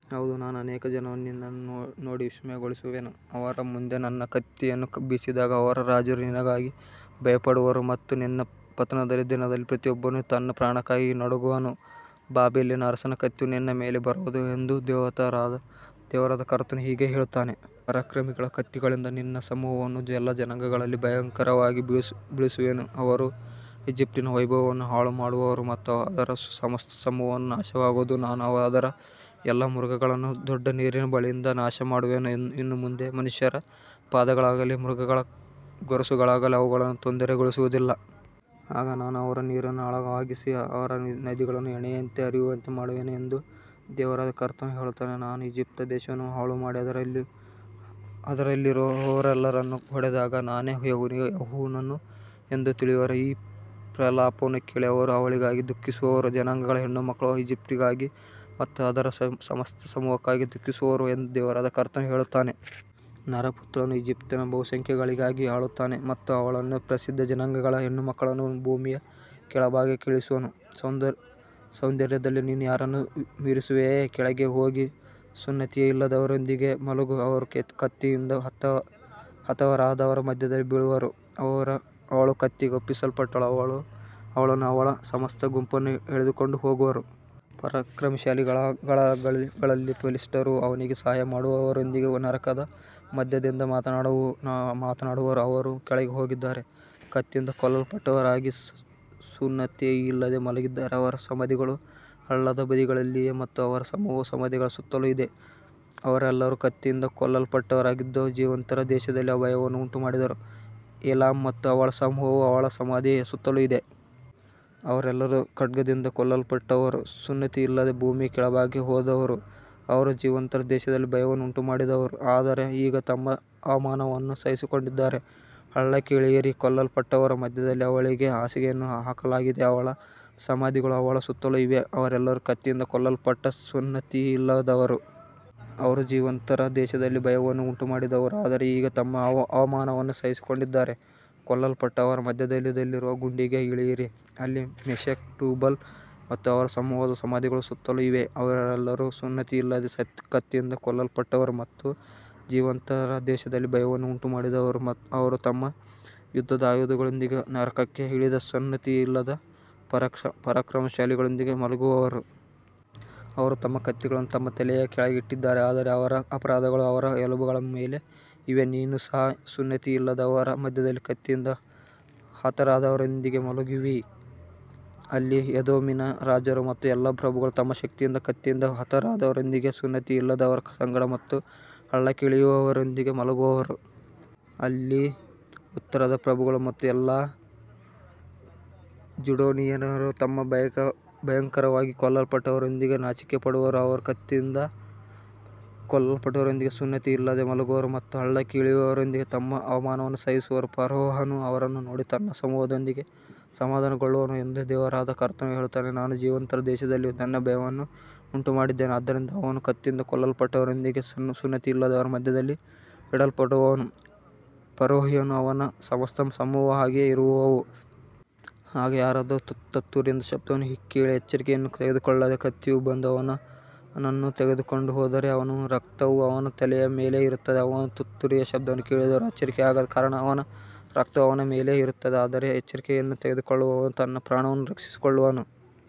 ಹೌದು, ನಾನು ಅನೇಕ ಜನರನ್ನು ನಿನ್ನನ್ನು ನೋಡಿ ವಿಸ್ಮಯಗೊಳಿಸುವೆನು. ಅವರ ಮುಂದೆ ನನ್ನ ಕತ್ತಿಯನ್ನು ಬೀಸಿದಾಗ ಅವರ ರಾಜರು ನಿನಗಾಗಿ ಭಯಪಡುವರು ಮತ್ತು ನಿನ್ನ ಪತನದ ದಿನದಲ್ಲಿ ಪ್ರತಿಯೊಬ್ಬನು ತನ್ನ ಪ್ರಾಣಕ್ಕಾಗಿ ನಡುಗುವನು. ಬಾಬೆಲಿನ ಅರಸನ ಕತ್ತಿಯು ನಿನ್ನ ಮೇಲೆ ಬರುವುದು ಎಂದು ದೇವರಾದ ಕರ್ತನು ಹೀಗೆ ಹೇಳುತ್ತಾನೆ. ಪರಾಕ್ರಮಿಗಳ ಕತ್ತಿಗಳಿಂದ ನಿನ್ನ ಸಮೂಹವನ್ನು ಎಲ್ಲಾ ಜನಾಂಗಗಳಲ್ಲಿ ಭಯಂಕರವಾಗಿ ಬೀಳಿಸುವೆನು. ಅವರು ಈಜಿಪ್ಟಿನ ವೈಭವವನ್ನು ಹಾಳುಮಾಡುವರು ಮತ್ತು ಅದರ ಸಮಸ್ತ ಸಮೂಹವು ನಾಶವಾಗುವುದು. ನಾನು ಅದರ ಎಲ್ಲಾ ಮೃಗಗಳನ್ನು ದೊಡ್ಡ ನೀರಿನ ಬಳಿಯಿಂದ ನಾಶಮಾಡುವೆನು, ಇನ್ನು ಮುಂದೆ ಮನುಷ್ಯರ ಪಾದಗಳಾಗಲಿ ಮೃಗಗಳ ಗೊರಸುಗಳಾಗಲಿ ಅವುಗಳನ್ನು ತೊಂದರೆಗೊಳಿಸುವುದಿಲ್ಲ. ಆಗ ನಾನು ಅವರ ನೀರನ್ನು ಆಳವಾಗಿಸಿ ಅವರ ನದಿಗಳನ್ನು ಎಣ್ಣೆಯಂತೆ ಹರಿಯುವಂತೆ ಮಾಡುವೆನು ಎಂದು ದೇವರಾದ ಕರ್ತನು ಹೇಳುತ್ತಾನೆ. ನಾನು ಈಜಿಪ್ಟ್ ದೇಶವನ್ನು ಹಾಳುಮಾಡಿ, ಅದರಲ್ಲಿರುವವರೆಲ್ಲರನ್ನು ಹೊಡೆದಾಗ, ನಾನೇ ಯೆಹೋವನು ಎಂದು ತಿಳಿಯುವರು. ಈ ಪ್ರಲಾಪವನ್ನು ಕೇಳಿ ಅವರು ಅವಳಿಗಾಗಿ ದುಃಖಿಸುವರು. ಜನಾಂಗಗಳ ಹೆಣ್ಣುಮಕ್ಕಳು ಈಜಿಪ್ಟಿಗಾಗಿ ಮತ್ತು ಅದರ ಸಮಸ್ತ ಸಮೂಹಕ್ಕಾಗಿ ದುಃಖಿಸುವರು ಎಂದು ದೇವರಾದ ಕರ್ತನು ಹೇಳುತ್ತಾನೆ. ನರಪುತ್ರನು ಈಜಿಪ್ಟಿನ ಬಹುಸಂಖ್ಯೆಗಾಗಿ ಅಳುತ್ತಾನೆ ಮತ್ತು ಅವಳನ್ನೂ ಪ್ರಸಿದ್ಧ ಜನಾಂಗಗಳ ಹೆಣ್ಣುಮಕ್ಕಳನ್ನೂ ಭೂಮಿಯ ಕೆಳಭಾಗಕ್ಕೆ ಇಳಿಸುವನು. ಸೌಂದರ್ಯದಲ್ಲಿ ನೀನು ಯಾರನ್ನು ಮೀರಿಸುವಿಯೋ, ಕೆಳಗೆ ಹೋಗಿ ಸುನ್ನತಿಯಿಲ್ಲದವರೊಂದಿಗೆ ಮಲಗು. ಅವರು ಕತ್ತಿಯಿಂದ ಹತರಾದವರ ಮಧ್ಯದಲ್ಲಿ ಬೀಳುವರು. ಅವಳು ಕತ್ತಿಗೆ ಒಪ್ಪಿಸಲ್ಪಟ್ಟಳು, ಅವಳನ್ನೂ ಅವಳ ಸಮಸ್ತ ಗುಂಪನ್ನೂ ಎಳೆದುಕೊಂಡು ಹೋಗುವರು. ಪರಾಕ್ರಮಶಾಲಿಗಳಲ್ಲಿ ಬಲಿಷ್ಠರು ಅವನಿಗೆ ಸಹಾಯ ಮಾಡುವವರೊಂದಿಗೆ ನರಕದ ಮಧ್ಯದಿಂದ ಮಾತನಾಡುವರು. ಅವರು ಕೆಳಗೆ ಹೋಗಿದ್ದಾರೆ, ಕತ್ತಿಯಿಂದ ಕೊಲ್ಲಲ್ಪಟ್ಟವರಾಗಿ ಸುನ್ನತಿಯಿಲ್ಲದೆ ಮಲಗಿದ್ದಾರೆ. ಅವರ ಸಮಾಧಿಗಳು ಹಳ್ಳದ ಬದಿಗಳಲ್ಲಿವೆ ಮತ್ತು ಅವರ ಸಮೂಹವು ಸಮಾಧಿಗಳ ಸುತ್ತಲೂ ಇದೆ. ಅವರೆಲ್ಲರೂ ಕತ್ತಿಯಿಂದ ಕೊಲ್ಲಲ್ಪಟ್ಟವರಾಗಿದ್ದು, ಜೀವಂತರ ದೇಶದಲ್ಲಿ ಭಯವನ್ನು ಉಂಟುಮಾಡಿದರು. ಏಲಾಮ್ ಮತ್ತು ಅವಳ ಸಮೂಹವು ಅವಳ ಸಮಾಧಿಯ ಸುತ್ತಲೂ ಇದೆ. ಅವರೆಲ್ಲರೂ ಖಡ್ಗದಿಂದ ಕೊಲ್ಲಲ್ಪಟ್ಟವರು, ಸುನ್ನತಿಯಿಲ್ಲದೆ ಭೂಮಿಯ ಕೆಳಭಾಗಕ್ಕೆ ಹೋದವರು. ಅವರು ಜೀವಂತರ ದೇಶದಲ್ಲಿ ಭಯವನ್ನು ಉಂಟುಮಾಡಿದರು, ಆದರೆ ಈಗ ತಮ್ಮ ಅವಮಾನವನ್ನು ಸಹಿಸಿಕೊಂಡಿದ್ದಾರೆ. ಹಳ್ಳಕ್ಕೆ ಇಳಿಯಿರಿ, ಕೊಲ್ಲಲ್ಪಟ್ಟವರ ಮಧ್ಯದಲ್ಲಿ ಅವಳಿಗೆ ಹಾಸಿಗೆಯನ್ನು ಹಾಕಲಾಗಿದೆ. ಅವಳ ಸಮಾಧಿಗಳು ಅವಳ ಸುತ್ತಲೂ ಇವೆ, ಅವರೆಲ್ಲರೂ ಕತ್ತಿಯಿಂದ ಕೊಲ್ಲಲ್ಪಟ್ಟ ಸುನ್ನತಿಯಿಲ್ಲದವರು. ಅವರು ಜೀವಂತರ ದೇಶದಲ್ಲಿ ಭಯವನ್ನು ಉಂಟುಮಾಡಿದರು, ಆದರೆ ಈಗ ತಮ್ಮ ಅವಮಾನವನ್ನು ಸಹಿಸಿಕೊಂಡಿದ್ದಾರೆ. ಕೊಲ್ಲಲ್ಪಟ್ಟವರ ಮಧ್ಯದಲ್ಲಿರುವ ಗುಂಡಿಗೆ ಇಳಿಯಿರಿ. ಅಲ್ಲಿ ಮೆಷೆಕ್, ಟೂಬಲ್ ಮತ್ತು ಅವರ ಸಮೂಹದ ಸಮಾಧಿಗಳು ಸುತ್ತಲೂ ಇವೆ. ಅವರೆಲ್ಲರೂ ಸುನ್ನತಿಯಿಲ್ಲದೆ ಕತ್ತಿಯಿಂದ ಕೊಲ್ಲಲ್ಪಟ್ಟವರು ಮತ್ತು ಜೀವಂತರ ದೇಶದಲ್ಲಿ ಭಯವನ್ನು ಉಂಟುಮಾಡಿದವರು. ಅವರು ತಮ್ಮ ಯುದ್ಧದ ಆಯುಧಗಳೊಂದಿಗೆ ನರಕಕ್ಕೆ ಇಳಿದ ಸುನ್ನತಿಯಿಲ್ಲದ ಪರಾಕ್ರಮಶಾಲಿಗಳೊಂದಿಗೆ ಮಲಗುವರು. ಅವರು ತಮ್ಮ ಕತ್ತಿಗಳನ್ನು ತಮ್ಮ ತಲೆಯ ಕೆಳಗೆ ಇಟ್ಟಿದ್ದಾರೆ, ಆದರೆ ಅವರ ಅಪರಾಧಗಳು ಅವರ ಎಲುಬುಗಳ ಮೇಲೆ ಇವೆ. ನೀನು ಸಹ ಸುನ್ನತಿಯಿಲ್ಲದವರ ಮಧ್ಯದಲ್ಲಿ ಕತ್ತಿಯಿಂದ ಹತರಾದವರೊಂದಿಗೆ ಮಲಗುವಿ. ಅಲ್ಲಿ ಎದೋಮಿನ ರಾಜರು ಮತ್ತು ಎಲ್ಲಾ ಪ್ರಭುಗಳು ತಮ್ಮ ಶಕ್ತಿಯಿಂದ ಕತ್ತಿಯಿಂದ ಹತರಾದವರೊಂದಿಗೆ ಸುನ್ನತಿಯಿಲ್ಲದವರ ಸಂಗಡ ಮತ್ತು ಹಳ್ಳಕ್ಕೆ ಇಳಿಯುವವರೊಂದಿಗೆ ಮಲಗುವರು. ಅಲ್ಲಿ ಉತ್ತರದ ಪ್ರಭುಗಳು ಮತ್ತು ಎಲ್ಲಾ ಝೀಡೋನಿಯನ್ನರು ತಮ್ಮ ಭಯಂಕರವಾಗಿ ಕೊಲ್ಲಲ್ಪಟ್ಟವರೊಂದಿಗೆ ನಾಚಿಕೆಪಡುವರು. ಅವರು ಕತ್ತಿಯಿಂದ ಕೊಲ್ಲಲ್ಪಟ್ಟವರೊಂದಿಗೆ ಸುನ್ನತಿಯಿಲ್ಲದೆ ಮಲಗುವರು ಮತ್ತು ಹಳ್ಳಕ್ಕೆ ಇಳಿಯುವವರೊಂದಿಗೆ ತಮ್ಮ ಅವಮಾನವನ್ನು ಸಹಿಸುವರು. ಫರೋಹನು ಅವರನ್ನು ನೋಡಿ ತನ್ನ ಸಮೂಹದೊಂದಿಗೆ ಸಮಾಧಾನಗೊಳ್ಳುವನು ಎಂದು ದೇವರಾದ ಕರ್ತನು ಹೇಳುತ್ತಾನೆ. ನಾನು ಜೀವಂತರ ದೇಶದಲ್ಲಿ ನನ್ನ ಭಯವನ್ನು ಉಂಟುಮಾಡಿದ್ದೇನೆ, ಆದ್ದರಿಂದ ಅವನು ಕತ್ತಿಯಿಂದ ಕೊಲ್ಲಲ್ಪಟ್ಟವರೊಂದಿಗೆ ಸುನ್ನತಿಯಿಲ್ಲದವರ ಮಧ್ಯದಲ್ಲಿ ಇಡಲ್ಪಡುವನು, ಫರೋಹನೂ ಅವನ ಸಮಸ್ತ ಸಮೂಹವೂ ಹಾಗೆಯೇ ಇರುವವು. ಆಗ ಯಾರಾದರೂ ತುತ್ತೂರಿಯ ಶಬ್ದವನ್ನು ಕೇಳಿ ಎಚ್ಚರಿಕೆಯನ್ನು ತೆಗೆದುಕೊಳ್ಳದೆ ಕತ್ತಿಯು ಬಂದು ಅವನನ್ನು ತೆಗೆದುಕೊಂಡು ಹೋದರೆ, ಅವನ ರಕ್ತವು ಅವನ ತಲೆಯ ಮೇಲೆಯೇ ಇರುತ್ತದೆ. ಅವನು ತುತ್ತೂರಿಯ ಶಬ್ದವನ್ನು ಕೇಳಿದರೂ ಎಚ್ಚರಿಕೆಯಾಗದ ಕಾರಣ ಅವನ ರಕ್ತವು ಅವನ ಮೇಲೆಯೇ ಇರುತ್ತದೆ, ಆದರೆ ಎಚ್ಚರಿಕೆಯನ್ನು ತೆಗೆದುಕೊಳ್ಳುವವನು ತನ್ನ ಪ್ರಾಣವನ್ನು ರಕ್ಷಿಸಿಕೊಳ್ಳುವನು.